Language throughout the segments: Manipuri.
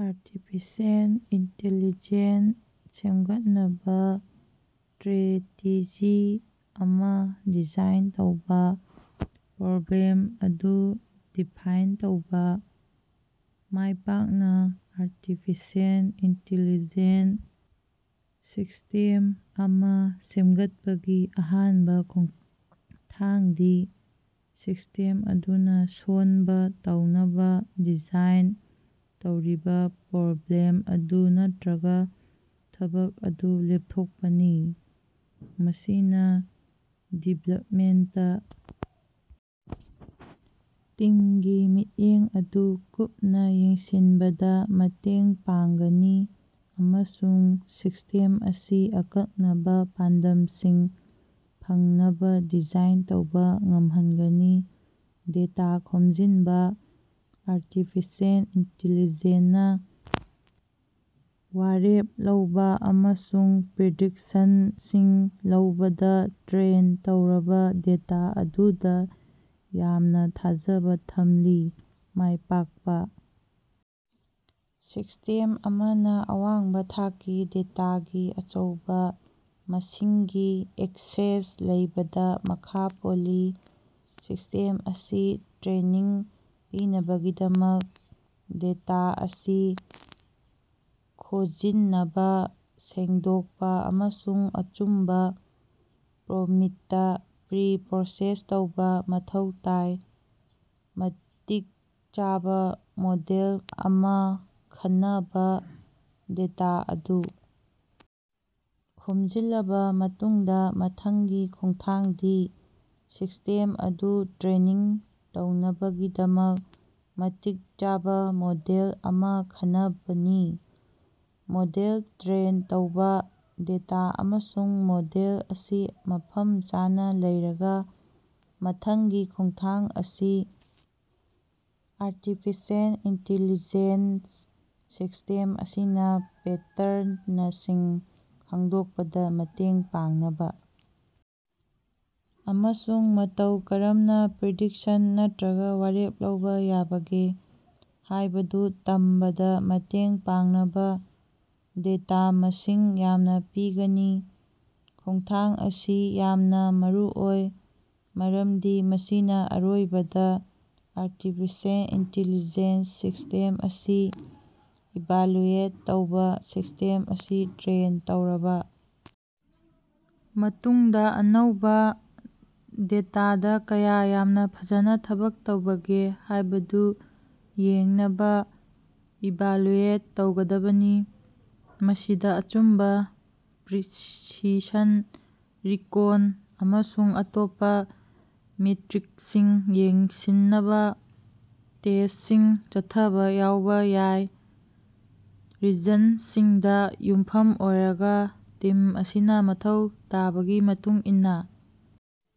ꯑꯥꯔꯇꯤꯐꯤꯁꯤꯑꯦꯜ ꯏꯟꯇꯦꯂꯤꯖꯦꯟꯁ ꯁꯦꯝꯒꯠꯅꯕꯥ ꯁꯇ꯭ꯔꯦꯇꯦꯖꯤ ꯑꯃꯥ ꯗꯤꯖꯥꯏꯟ ꯇꯧꯕꯥ꯫ ꯄ꯭ꯔꯣꯕ꯭ꯂꯦꯝ ꯑꯗꯨ ꯗꯤꯐꯥꯏꯟ ꯇꯧꯕꯥ: ꯃꯥꯢꯄꯥꯛꯅꯥ ꯑꯔꯇꯤꯐꯤꯁꯤꯑꯦꯜ ꯢꯟꯇꯦꯂꯤꯖꯦꯟꯁ ꯁꯤꯁꯇꯦꯝ ꯑꯃꯥ ꯁꯦꯝꯒꯠꯄꯒꯤ ꯑꯍꯥꯟꯕꯥ ꯈꯣꯡꯊꯥꯡꯗꯤ ꯁꯤꯁꯇꯦꯝ ꯑꯗꯨꯅꯥ ꯁꯣꯜꯕ ꯇꯧꯅꯕꯥ ꯗꯤꯖꯥꯏꯟ ꯇꯧꯔꯤꯕꯥ ꯄ꯭ꯔꯣꯕ꯭ꯂꯦꯝ ꯑꯗꯨ ꯅꯠꯇ꯭ꯔꯒꯥ ꯊꯕꯛ ꯑꯗꯨ ꯂꯦꯞꯊꯣꯛꯄꯅꯤ꯫ ꯃꯁꯤꯅꯥ ꯗꯤꯕꯦꯂꯞꯃꯦꯟꯇ ꯇꯤꯝꯒꯤ ꯃꯤꯠꯌꯦꯡ ꯑꯗꯨ ꯀꯨꯞꯅꯥ ꯌꯦꯡꯁꯤꯟꯕꯗꯥ ꯃꯇꯦꯡ ꯄꯥꯡꯒꯅꯤ ꯑꯃꯁꯨꯡ ꯁꯤꯁꯇꯦꯝ ꯑꯁꯤ ꯑꯀꯛꯅꯕꯥ ꯄꯥꯟꯗꯝꯁꯤꯡ ꯐꯪꯅꯕꯥ ꯗꯤꯖꯥꯏꯟ ꯇꯧꯕꯥ ꯉꯝꯍꯟꯒꯅꯤ꯫ ꯗꯦꯇꯥ ꯈꯣꯝꯖꯤꯟꯕꯥ: ꯑꯔꯇꯤꯐꯤꯁꯤꯑꯦꯜ ꯢꯟꯇꯦꯂꯤꯖꯦꯟꯁꯅꯥ ꯋꯥꯔꯦꯞ ꯂꯧꯕꯥ ꯑꯃꯁꯨꯡ ꯄ꯭ꯔꯤꯗꯤꯛꯁꯟꯁꯤꯡ ꯂꯧꯕꯗꯥ ꯇ꯭ꯔꯦꯟ ꯇꯧꯔꯕꯥ ꯗꯦꯇꯥ ꯑꯗꯨꯗꯥ ꯌꯥꯝꯅꯥ ꯊꯥꯖꯕꯥ ꯊꯝꯂꯤ꯫ ꯃꯥꯢꯄꯥꯛꯄꯥ ꯁꯤꯁꯇꯦꯝ ꯑꯃꯅꯥ ꯑꯋꯥꯡꯕꯥ ꯊꯥꯛꯀꯤ ꯗꯦꯇꯥꯒꯤ ꯑꯆꯧꯕꯥ ꯃꯁꯤꯡꯒꯤ ꯑꯦꯛꯁꯦꯁ ꯂꯩꯕꯗꯥ ꯃꯈꯥ ꯄꯣꯜꯂꯤ꯫ ꯁꯤꯁꯇꯦꯝ ꯑꯁꯤ ꯇ꯭ꯔꯦꯅꯤꯡ ꯄꯤꯅꯕꯒꯤꯗꯃꯛ ꯗꯦꯇꯥ ꯑꯁꯤ ꯈꯣꯖꯤꯅꯕꯥ, ꯁꯦꯡꯗꯣꯛꯄꯥ ꯑꯃꯁꯨꯡ ꯑꯆꯨꯝꯕꯥ ꯐꯣꯔꯃꯦꯠꯇꯥ ꯄ꯭ꯔꯤ-ꯄ꯭ꯔꯣꯁꯦꯁ ꯇꯧꯕꯥ ꯃꯊꯧ ꯇꯥꯏ꯫ ꯃꯇꯤꯛ ꯆꯥꯕꯥ ꯃꯣꯗꯦꯜ ꯑꯃꯥ ꯈꯅꯕꯥ: ꯗꯦꯇꯥ ꯑꯗꯨ ꯈꯣꯝꯖꯤꯜꯂꯕꯥ ꯃꯇꯨꯡꯗꯥ ꯃꯊꯪꯒꯤ ꯈꯣꯡꯊꯥꯡꯗꯤ ꯁꯤꯁꯇꯦꯝ ꯑꯗꯨ ꯇ꯭ꯔꯦꯅꯤꯡ ꯇꯧꯅꯕꯒꯤꯗꯃꯛ ꯃꯇꯤꯛ ꯆꯥꯕꯥ ꯃꯣꯗꯦꯜ ꯑꯃꯥ ꯈꯅꯕꯅꯤ꯫ꯃꯣꯗꯦꯜ ꯇ꯭ꯔꯦꯟ ꯇꯧꯕꯥ: ꯗꯦꯇꯥ ꯑꯃꯁꯨꯡ ꯃꯣꯗꯦꯜ ꯑꯁꯤ ꯃꯐꯝ ꯆꯥꯅꯥ ꯂꯩꯔꯒꯥ ꯃꯊꯪꯒꯤ ꯈꯣꯡꯊꯥꯡ ꯑꯁꯤ ꯑꯔꯇꯤꯐꯤꯁꯤꯑꯦꯜ ꯢꯟꯇꯦꯂꯤꯖꯦꯟꯁ ꯁꯤꯁ꯭ꯇꯦꯝ ꯑꯁꯤꯅꯥ ꯄꯦꯇꯔꯅꯁꯤꯡ ꯈꯪꯗꯣꯛꯄꯗꯥ ꯃꯇꯦꯡ ꯄꯥꯡꯅꯕꯥ ꯑꯃꯁꯨꯡ ꯃꯇꯧ ꯀꯔꯝꯅꯥ ꯄ꯭ꯔꯤꯗꯤꯛꯁꯟ ꯅꯠꯇ꯭ꯔꯒꯥ ꯋꯥꯔꯦꯞ ꯂꯧꯕꯥ ꯌꯥꯕꯒꯦ ꯍꯥꯢꯕꯗꯨ ꯇꯝꯕꯗꯥ ꯃꯇꯦꯡ ꯄꯥꯡꯅꯕꯥ ꯗꯦꯇꯥ ꯃꯁꯤꯡ ꯌꯥꯝꯅꯥ ꯄꯤꯒꯅꯤ꯫ ꯈꯣꯡꯊꯥꯡ ꯑꯁꯤ ꯌꯥꯝꯅꯥ ꯃꯔꯨꯑꯣꯏ, ꯃꯔꯝꯗꯤ ꯃꯁꯤꯅꯥ ꯑꯔꯣꯏꯕꯗꯥ ꯑꯔꯇꯤꯐꯤꯁꯤꯑꯦꯜ ꯢꯟꯇꯦꯂꯤꯖꯦꯟꯁ ꯁꯤꯁ꯭ꯇꯦꯝ ꯑꯁꯤ ꯏꯚꯥꯂꯨꯑꯦꯠ ꯇꯧꯕꯥ: ꯁꯤꯁ꯭ꯇꯦꯝ ꯑꯁꯤ ꯇ꯭ꯔꯦꯟ ꯇꯧꯔꯕꯥ ꯃꯇꯨꯡꯗꯥ ꯑꯅꯧꯕꯥ ꯗꯦꯇꯥꯗꯥ ꯀꯌꯥ ꯌꯥꯝꯅꯥ ꯐꯖꯅꯥ ꯊꯕꯛ ꯇꯧꯕꯒꯦ ꯍꯥꯌꯕꯗꯨ ꯌꯦꯡꯅꯕꯥ ꯏꯚꯥꯂꯨꯑꯦꯠ ꯇꯧꯒꯗꯕꯅꯤ꯫ ꯃꯁꯤꯗꯥ ꯑꯆꯨꯝꯕꯥ, ꯄ꯭ꯔꯤꯁꯤꯁꯟ, ꯔꯤꯀꯣꯜ ꯑꯃꯁꯨꯡ ꯑꯇꯣꯞꯄꯥ ꯃꯦꯇ꯭ꯔꯤꯀꯁꯤꯡ ꯌꯦꯡꯁꯤꯟꯅꯕꯥ ꯇꯦꯁꯇꯁꯤꯡ ꯆꯠꯊꯕꯥ ꯌꯥꯎꯕꯥ ꯌꯥꯏ꯫ ꯔꯤꯖꯜꯇꯁꯤꯡꯗꯥ ꯌꯨꯝꯐꯝ ꯑꯣꯏꯔꯒꯥ ꯇꯤꯝ ꯑꯁꯤꯅꯥ ꯃꯊꯧ ꯇꯥꯕꯒꯤ ꯃꯇꯨꯡ ꯏꯟꯅꯥ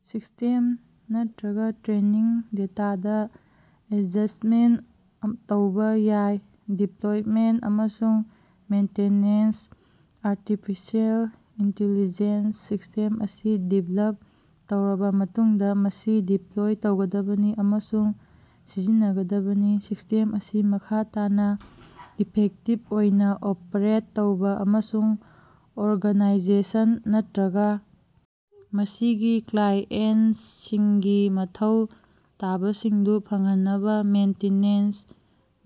ꯁꯤꯁꯇꯦꯝ ꯅꯠꯇ꯭ꯔꯒꯥ ꯇ꯭ꯔꯦꯅꯤꯡ ꯗꯦꯇꯥꯗꯥ ꯑꯦꯗꯖꯁꯇꯃꯦꯟꯇ ꯇꯧꯕꯥ ꯌꯥꯏ꯫ ꯗꯤꯄ꯭ꯂꯣꯏꯃꯦꯟꯇ ꯑꯃꯁꯨꯡ ꯃꯦꯟꯇꯦꯅꯦꯟꯁ: ꯑꯔꯇꯤꯐꯤꯁꯤꯑꯦꯜ ꯢꯟꯇꯦꯂꯤꯖꯦꯟꯁ ꯁꯤꯁꯇꯦꯝ ꯑꯁꯤ ꯗꯤꯕꯦꯂꯞ ꯇꯧꯔꯕꯥ ꯃꯇꯨꯡꯗꯥ ꯃꯁꯤ ꯗꯤꯄ꯭ꯂꯣꯏ ꯇꯧꯒꯗꯕꯅꯤ ꯑꯃꯁꯨꯡ ꯁꯤꯖꯤꯟꯅꯒꯗꯕꯅꯤ꯫ ꯁꯤꯁꯇꯦꯝ ꯑꯁꯤ ꯃꯈꯥ ꯇꯥꯅꯥ ꯏꯐꯦꯛꯇꯤꯚ ꯑꯣꯏꯅꯥ ꯑꯣꯄ꯭ꯔꯦꯠ ꯇꯧꯕꯥ ꯑꯃꯁꯨꯡ ꯑꯣꯔꯒꯥꯅꯥꯏꯖꯦꯁꯟ ꯅꯠꯇ꯭ꯔꯒꯥ ꯃꯁꯤꯒꯤ ꯀ꯭ꯂꯥꯏꯑꯦꯟꯇꯁꯤꯡꯒꯤ ꯃꯊꯧ ꯇꯥꯕꯁꯤꯡꯗꯨ ꯐꯪꯍꯟꯅꯕꯥ ꯃꯦꯟꯇꯤꯅꯦꯟꯁ,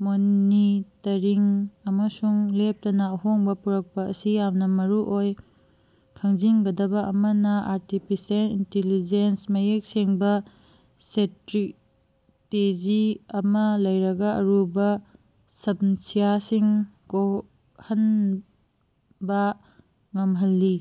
ꯃꯣꯅꯤꯇꯔꯤꯡ ꯑꯃꯁꯨꯡ ꯂꯦꯞꯇꯅꯥ ꯑꯍꯣꯡꯕꯥ ꯄꯨꯔꯛꯄꯥ ꯑꯁꯤ ꯌꯥꯝꯅꯥ ꯃꯔꯨꯑꯣꯏ꯫ ꯈꯪꯖꯤꯟꯒꯗꯕꯥ ꯑꯃꯅꯥ, ꯑꯔꯇꯤꯐꯤꯁꯤꯑꯦꯜ ꯢꯟꯇꯦꯂꯤꯖꯦꯟꯁ ꯃꯌꯦꯛ ꯁꯦꯡꯕꯥ ꯁꯇ꯭ꯔꯦꯇꯦꯖꯤ ꯑꯃꯥ ꯂꯩꯔꯒꯥ ꯑꯔꯨꯕꯥ ꯁꯝꯁ꯭ꯌꯥꯁꯤꯡ ꯀꯣꯛꯍꯟꯕꯥ ꯉꯝꯍꯜꯂꯤ꯫